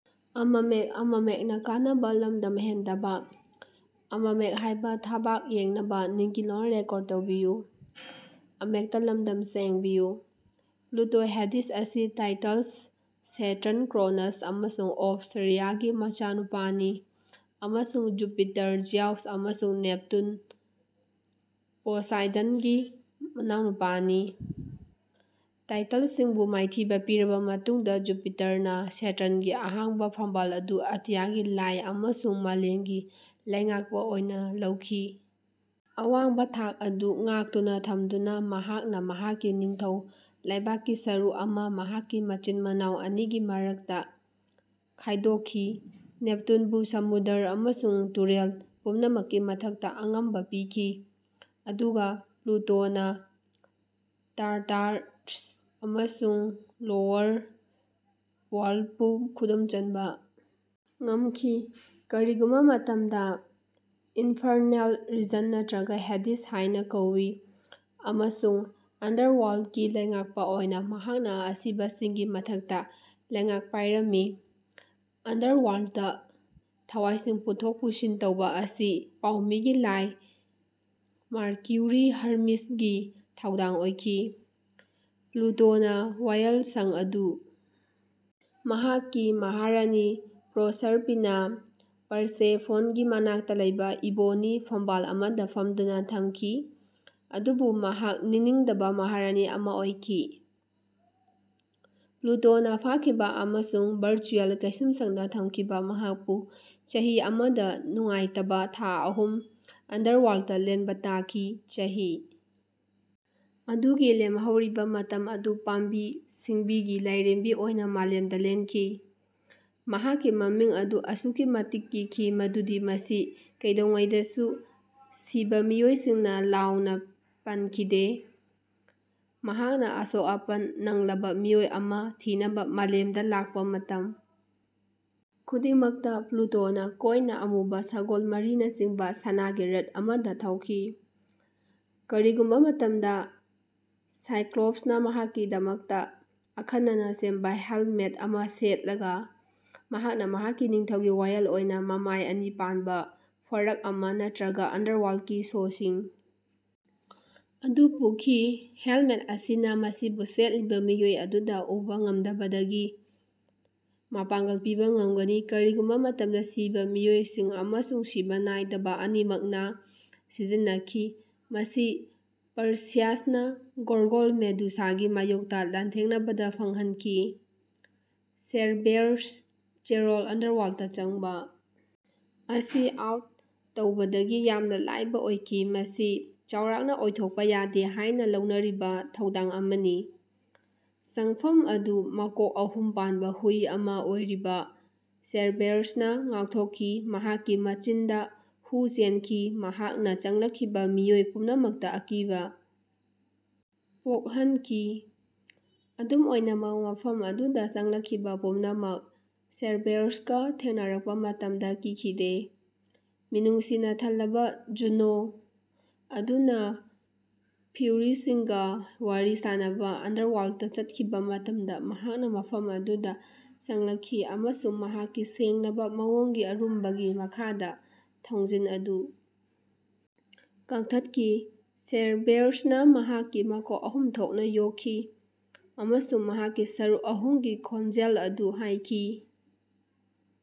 Pluto Hades ꯑꯁꯤ Titans Saturn Cronus ꯑꯃꯁꯨꯡ Ops ꯔꯤꯌꯥꯒꯤ ꯃꯆꯥꯅꯨꯄꯥꯅꯤ ꯑꯃꯁꯨꯡ ꯖꯨꯄꯤꯇꯔ ꯖꯤꯎꯁ ꯑꯃꯁꯨꯡ ꯅꯦꯞꯇꯨꯟ ꯄꯣꯁꯥꯏꯗꯟꯒꯤ ꯃꯅꯥꯎꯅꯨꯄꯥꯅꯤ꯫ ꯇꯥꯏꯇꯟꯁꯤꯡꯕꯨ ꯃꯥꯏꯊꯤꯕ ꯄꯤꯔꯕ ꯃꯇꯨꯡꯗ ꯖꯨꯄꯤꯇꯔꯅ ꯁꯦꯇꯔꯟꯒꯤ ꯑꯍꯥꯡꯕ ꯐꯝꯕꯥꯜ ꯑꯗꯨ ꯑꯇꯤꯌꯥꯒꯤ ꯂꯥꯏ ꯑꯃꯁꯨꯡ ꯃꯥꯂꯦꯝꯒꯤ ꯂꯩꯉꯥꯛꯄ ꯑꯣꯏꯅ ꯂꯧꯈꯤ꯫ ꯑꯋꯥꯡꯕ ꯊꯥꯛ ꯑꯗꯨ ꯉꯥꯛꯇꯨꯅ ꯊꯝꯗꯨꯅ ꯃꯍꯥꯛꯅ ꯃꯍꯥꯛꯀꯤ ꯅꯤꯡꯊꯧ ꯂꯩꯕꯥꯛꯀꯤ ꯁꯔꯨꯛ ꯑꯃꯥ ꯃꯍꯥꯛꯀꯤ ꯃꯆꯤꯟ ꯃꯅꯥꯎ ꯑꯅꯤꯒꯤ ꯃꯔꯛꯇ ꯈꯥꯏꯗꯣꯛꯈꯤ ꯅꯦꯞꯇꯨꯟꯕꯨ ꯁꯃꯨꯗ꯭ꯔ ꯑꯃꯁꯨꯡ ꯇꯨꯔꯦꯜ ꯄꯨꯝꯅꯃꯛꯀꯤ ꯃꯊꯛꯇ ꯑꯉꯝꯕ ꯄꯤꯈꯤ ꯑꯗꯨꯒ ꯄ꯭ꯂꯨꯇꯣꯅ ꯇꯥꯔꯇꯥꯔꯁ ꯑꯃꯁꯨꯡ ꯂꯣꯋꯔ ꯋꯔꯜ꯭ꯗꯄꯨ ꯈꯨꯗꯨꯝ ꯆꯟꯕ ꯉꯝꯈꯤ ꯀꯔꯤꯒꯨꯝꯕ ꯃꯇꯝꯗ ꯏꯟꯐꯔꯅꯦꯜ ꯔꯤꯖꯟ ꯅꯠꯇ꯭ꯔꯒ ꯍꯦꯗꯤꯁ ꯍꯥꯏꯅ ꯀꯧꯏ ꯑꯃꯁꯨꯡ ꯑꯟꯗꯔꯋꯥꯔꯜꯗꯀꯤ ꯂꯩꯉꯥꯛꯄ ꯑꯣꯏꯅ ꯃꯍꯥꯛꯅ ꯑꯁꯤꯕꯁꯤꯡꯒꯤ ꯃꯊꯛꯇ ꯂꯩꯉꯥꯛ ꯄꯥꯏꯔꯝꯃꯤ ꯑꯟꯗꯔꯋꯥꯔꯜꯗꯇ ꯊꯋꯥꯏꯁꯤꯡ ꯄꯨꯊꯣꯛ ꯄꯨꯁꯤꯟ ꯇꯧꯕ ꯑꯁꯤ ꯄꯥꯎꯃꯤꯒꯤ ꯂꯥꯏ ꯃꯥꯔꯀ꯭ꯌꯨꯔꯤ ꯍꯔꯃꯤꯁꯒꯤ ꯊꯧꯗꯥꯡ ꯑꯣꯏꯈꯤ꯫ ꯄ꯭ꯂꯨꯇꯣꯅ ꯋꯥꯌꯦꯜꯁꯪ ꯑꯗꯨ ꯃꯍꯥꯛꯀꯤ ꯃꯍꯥꯔꯥꯅꯤ ꯄ꯭ꯔꯣꯁꯔꯄꯤꯅꯥ ꯄꯔꯁꯦꯐꯣꯟꯒꯤ ꯃꯅꯥꯛꯇ ꯂꯩꯕ ꯏꯕꯣꯅꯤ ꯐꯝꯕꯥꯜ ꯑꯃꯗ ꯐꯝꯗꯨꯅ ꯊꯝꯈꯤ ꯑꯗꯨꯕꯨ ꯃꯍꯥꯛ ꯅꯤꯡꯅꯤꯡꯗꯕ ꯃꯍꯥꯔꯥꯅꯤ ꯑꯃ ꯑꯣꯏꯈꯤ꯫ ꯄ꯭ꯂꯨꯇꯣꯅ ꯐꯥꯈꯤꯕ ꯑꯃꯁꯨꯡ ꯚꯔꯆꯨꯑꯦꯜ ꯀꯩꯁꯨꯝꯁꯪꯗ ꯊꯝꯈꯤꯕ ꯃꯍꯥꯛꯄꯨ ꯆꯍꯤ ꯑꯃꯗ ꯅꯨꯡꯉꯥꯏꯇꯕ ꯊꯥ ꯑꯍꯨꯝ ꯑꯟꯗꯔꯋꯥꯔꯜꯗꯇ ꯂꯦꯟꯕ ꯇꯥꯈꯤ꯫ ꯆꯍꯤ ꯑꯗꯨꯒꯤ ꯂꯦꯝꯍꯧꯔꯤꯕ ꯃꯇꯝ ꯑꯗꯨ ꯄꯥꯝꯕꯤ ꯁꯤꯡꯕꯤꯒꯤ ꯂꯥꯏꯔꯦꯝꯕꯤ ꯑꯣꯏꯅ ꯃꯥꯂꯦꯝꯗ ꯂꯦꯟꯈꯤ꯫ ꯃꯍꯥꯛꯀꯤ ꯃꯃꯤꯡ ꯑꯗꯨ ꯑꯁꯨꯛꯀꯤ ꯃꯇꯤꯛ ꯀꯤꯈꯤ ꯃꯗꯨꯗꯤ ꯃꯁꯤ ꯀꯩꯗꯧꯉꯩꯗꯁꯨ ꯁꯤꯕ ꯃꯤꯑꯣꯏꯁꯤꯡꯅ ꯂꯥꯎꯅ ꯄꯟꯈꯤꯗꯦ꯫ ꯃꯍꯥꯛꯅ ꯑꯁꯣꯛ ꯑꯄꯟ ꯅꯪꯂꯕ ꯃꯤꯑꯣꯏ ꯑꯃ ꯊꯤꯅꯕ ꯃꯥꯂꯦꯝꯗ ꯂꯥꯛꯄ ꯃꯇꯝ ꯈꯨꯗꯤꯡꯃꯛꯇ ꯄ꯭ꯂꯨꯇꯣꯅ ꯀꯣꯏꯂꯥ ꯑꯃꯨꯕ ꯁꯒꯣꯜ ꯃꯔꯤꯅ ꯆꯤꯡꯕ ꯁꯅꯥꯒꯤ ꯔꯊ ꯑꯃꯗ ꯊꯧꯈꯤ꯫ ꯀꯔꯤꯒꯨꯝꯕ ꯃꯇꯝꯗ ꯁꯥꯏꯀ꯭ꯂꯣꯞꯁꯅ ꯃꯍꯥꯛꯀꯤꯗꯃꯛꯇ ꯑꯈꯟꯅꯅ ꯁꯦꯝꯕ ꯍꯦꯜꯃꯦꯠ ꯑꯃ ꯁꯦꯠꯂꯒ ꯃꯍꯥꯛꯅ ꯃꯍꯥꯛꯀꯤ ꯅꯤꯡꯊꯧꯒꯤ ꯋꯥꯌꯦꯜ ꯑꯣꯏꯅ ꯃꯃꯥꯏ ꯑꯅꯤ ꯄꯥꯟꯕ ꯐꯣꯔ꯭ꯛ ꯑꯃ ꯅꯠꯇ꯭ꯔꯒ ꯑꯟꯗꯔꯋꯥꯔꯜꯗꯀꯤ ꯁꯣꯁꯤꯡ ꯑꯗꯨ ꯄꯨꯈꯤ꯫ ꯍꯦꯜꯃꯦꯠ ꯑꯁꯤꯅ ꯃꯁꯤꯕꯨ ꯁꯦꯠꯂꯤꯕ ꯃꯤꯑꯣꯏ ꯑꯗꯨꯗ ꯎꯕ ꯉꯝꯗꯕꯒꯤ ꯃꯄꯥꯡꯒꯜ ꯄꯤꯕ ꯉꯝꯒꯅꯤ꯫ ꯀꯔꯤꯒꯨꯝꯕ ꯃꯇꯝꯗ ꯁꯤꯕ ꯃꯤꯑꯣꯏꯁꯤꯡ ꯑꯃꯁꯨꯡ ꯁꯤꯕ ꯅꯥꯏꯗꯕ ꯑꯅꯤꯃꯛꯅ ꯁꯤꯖꯤꯟꯅꯈꯤ ꯃꯁꯤ ꯄꯔꯁꯤꯌꯁꯅ ꯒꯣꯔꯒꯣꯟ ꯃꯦꯗꯨꯁꯥꯒꯤ ꯃꯥꯌꯣꯛꯇ ꯂꯥꯟꯊꯦꯡꯅꯕꯗ ꯐꯪꯍꯟꯈꯤ꯫ ꯁꯦꯔꯕꯦꯔꯁ ꯆꯦꯔꯣꯟ ꯑꯟꯗꯔꯋꯥꯔꯜ꯭ꯗꯇ ꯆꯪꯕ ꯑꯁꯤ ꯑꯥꯎꯠ ꯇꯧꯕꯗꯒꯤ ꯌꯥꯝꯅ ꯂꯥꯏꯕ ꯑꯣꯏꯈꯤ ꯃꯁꯤ ꯆꯥꯎꯔꯥꯛꯅ ꯑꯣꯏꯊꯣꯛꯄ ꯌꯥꯗꯦ ꯍꯥꯏꯅ ꯂꯧꯅꯔꯤꯕ ꯊꯧꯗꯥꯡ ꯑꯃꯅꯤ꯫ ꯆꯪꯐꯝ ꯑꯗꯨ ꯃꯀꯣꯛ ꯑꯍꯨꯝ ꯄꯥꯟꯕ ꯍꯨꯏ ꯑꯃ ꯑꯣꯏꯔꯤꯕ ꯁꯦꯔꯕꯦꯔꯁꯅ ꯉꯥꯛꯊꯣꯛꯈꯤ ꯃꯍꯥꯛꯀꯤ ꯃꯆꯤꯟꯗ ꯍꯨ ꯆꯦꯟꯈꯤ ꯃꯍꯥꯛꯅ ꯆꯪꯂꯛꯈꯤꯕ ꯃꯤꯑꯣꯏ ꯄꯨꯝꯅꯃꯛꯇ ꯑꯀꯤꯕ ꯄꯣꯛꯍꯟꯈꯤ꯫ ꯑꯗꯨꯝ ꯑꯣꯏꯅꯃꯛ ꯃꯐꯝ ꯑꯗꯨꯗ ꯆꯪꯂꯛꯈꯤꯕ ꯄꯨꯝꯅꯃꯛ ꯁꯦꯔꯕꯦꯔꯁꯀ ꯊꯦꯡꯅꯔꯛꯄ ꯃꯇꯝꯗ ꯀꯤꯈꯤꯗꯦ꯫ ꯃꯤꯅꯨꯡꯁꯤꯅ ꯊꯜꯂꯕ ꯖꯨꯅꯣ ꯑꯗꯨꯅ ꯐ꯭ꯌꯨꯔꯤꯁꯤꯡꯒ ꯋꯥꯔꯤ ꯁꯥꯅꯅꯕ ꯑꯟꯗꯔꯋꯥꯔꯜꯗꯇ ꯆꯠꯈꯤꯕ ꯃꯇꯝꯗ ꯃꯍꯥꯛꯅ ꯃꯐꯝ ꯑꯗꯨꯗ ꯆꯪꯂꯛꯈꯤ ꯑꯃꯁꯨꯡ ꯃꯍꯥꯛꯀꯤ ꯁꯦꯡꯂꯕ ꯃꯑꯣꯡꯒꯤ ꯑꯔꯨꯝꯕꯒꯤ ꯃꯈꯥꯗ ꯊꯣꯡꯖꯤꯟ ꯑꯗꯨ ꯀꯛꯊꯠꯈꯤ꯫ ꯁꯦꯔꯕꯦꯔꯁꯅ ꯃꯍꯥꯛꯀꯤ ꯃꯀꯣꯛ ꯑꯍꯨꯝ ꯊꯣꯛꯅ ꯌꯣꯛꯈꯤ ꯑꯃꯁꯨꯡ ꯃꯍꯥꯛꯀꯤ ꯁꯔꯨꯛ ꯑꯍꯨꯝꯒꯤ ꯈꯣꯟꯖꯦꯜ ꯑꯗꯨ ꯍꯥꯏꯈꯤ꯫